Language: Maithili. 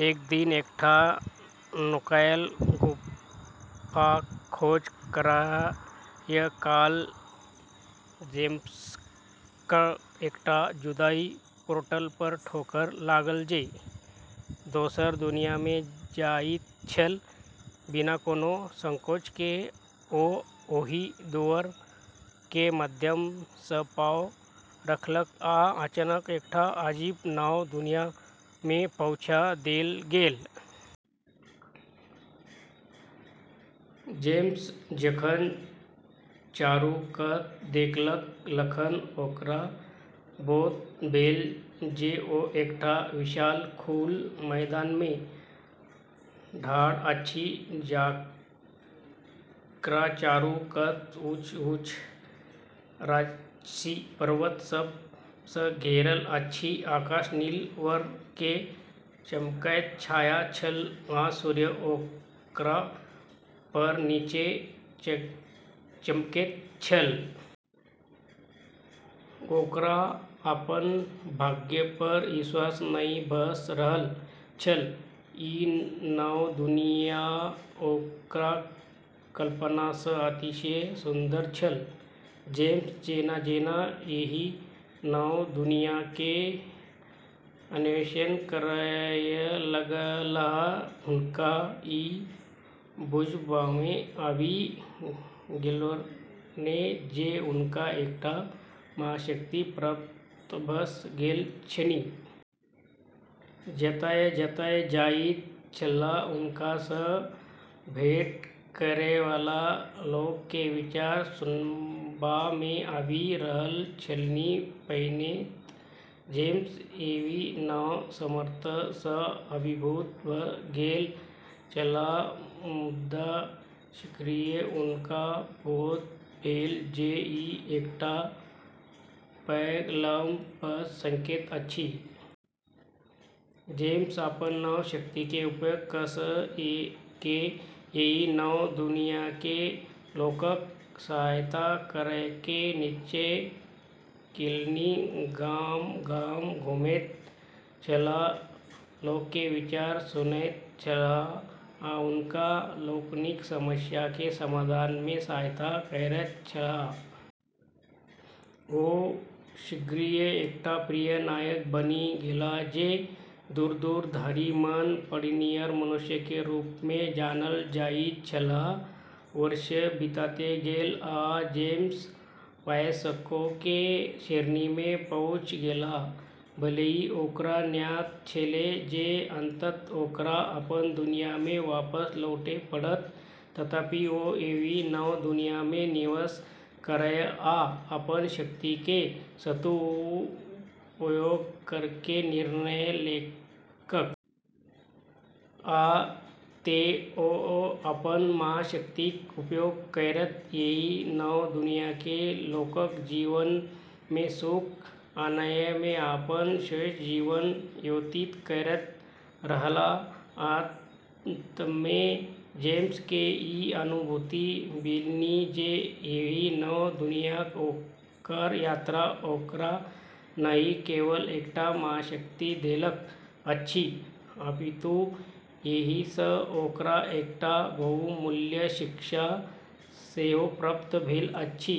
एक दिन एकटा नुकायल गुफाक खोज करय काल जेम्सकेँ एकटा जादुई पोर्टल पर ठोकर लागल, जे दोसर दुनिया में जाइत छल। बिना कोनो संकोच के ओ ओहि दुआर के माध्यम सँ पाँव रखलक आ अचानक एकटा अजीब नव दुनिया में पहुँचा देल गेल। जेम्स जखन चारू कात देखलक, तखन ओकरा बोध भेल जे ओ एकटा विशाल, खुला मैदान में ठाढ़ अछि, जकरा चारू कात ऊँच-ऊँच, राजसी पर्वत सभ सँ घेरल अछि। आकाश नील वर्ण के चमकैत छाया छल आ सूर्य ओकरा पर नीचे चमकैत छल। ओकरा अपन भाग्य पर विश्वास नहि भऽ रहल छल, ई नव दुनिया ओकरा कल्पना सँ अतिशय सुन्दर छल। जेम्स जेना-जेना एहि नव दुनिया के अन्वेषण करय लगलाह, हुनका ई बुझबामे आबि गेलनि जे हुनका एकटा महाशक्ति प्राप्त भऽ गेल छनि। जतय-जतय जाइत छलाह, हुनका सँ भेंट करै वला लोक के विचार सुनबा मे आबि रहल छलनि। पहिने तँ जेम्स एहि नव सामर्थ्य सँ अभिभूत भऽ गेल छलाह, मुदा शीघ्रिये हुनका बोध भेल जे ई एकटा पैघ लाभ भऽ सकैत अछि। जेम्स अपन नव शक्ति के उपयोग कऽ के एहि नव दुनियाके लोकक सहायता करयके निश्चय केलनि। गाम-गाम घुमैत छलाह, लोक के विचार सुनैत छलाह आ हुनका लोकनिक समस्या के समाधान में सहायता करैत छलाह। ओ शीघ्रिये एकटा प्रिय नायक बनि गेलाह, जे दूर-दूर धरि मन पड़निहार मनुष्य के रूप में जानल जाइत छलाह। वर्ष बीतैत गेल, आ जेम्स वयस्कों के श्रेणी में पहुँच गेलाह। भले ही ओकरा ज्ञात छेलै जे अंततः ओकरा अपन दुनिया में वापस लौटै पड़त, तथापि ओ एहि नव दुनिया मे निवास करय आ अपन शक्ति के सदुपयोग करयके निर्णय केलक। आ तें, ओ अपन महाशक्तिक उपयोग करैत एहि नव दुनियाके लोकक जीवन मे सुख आनय मे अपन शेष जीवन व्यतीत करैत रहलाह। अंत मे जेम्स के ई अनुभूति भेलनि जे एहि नव दुनियाक ओकर यात्रा ओकरा नहि केवल एकटा महाशक्ति देलक अछि, अपितु एहि सँ ओकरा एकटा बहुमूल्य शिक्षा सेहो प्राप्त भेल अछि।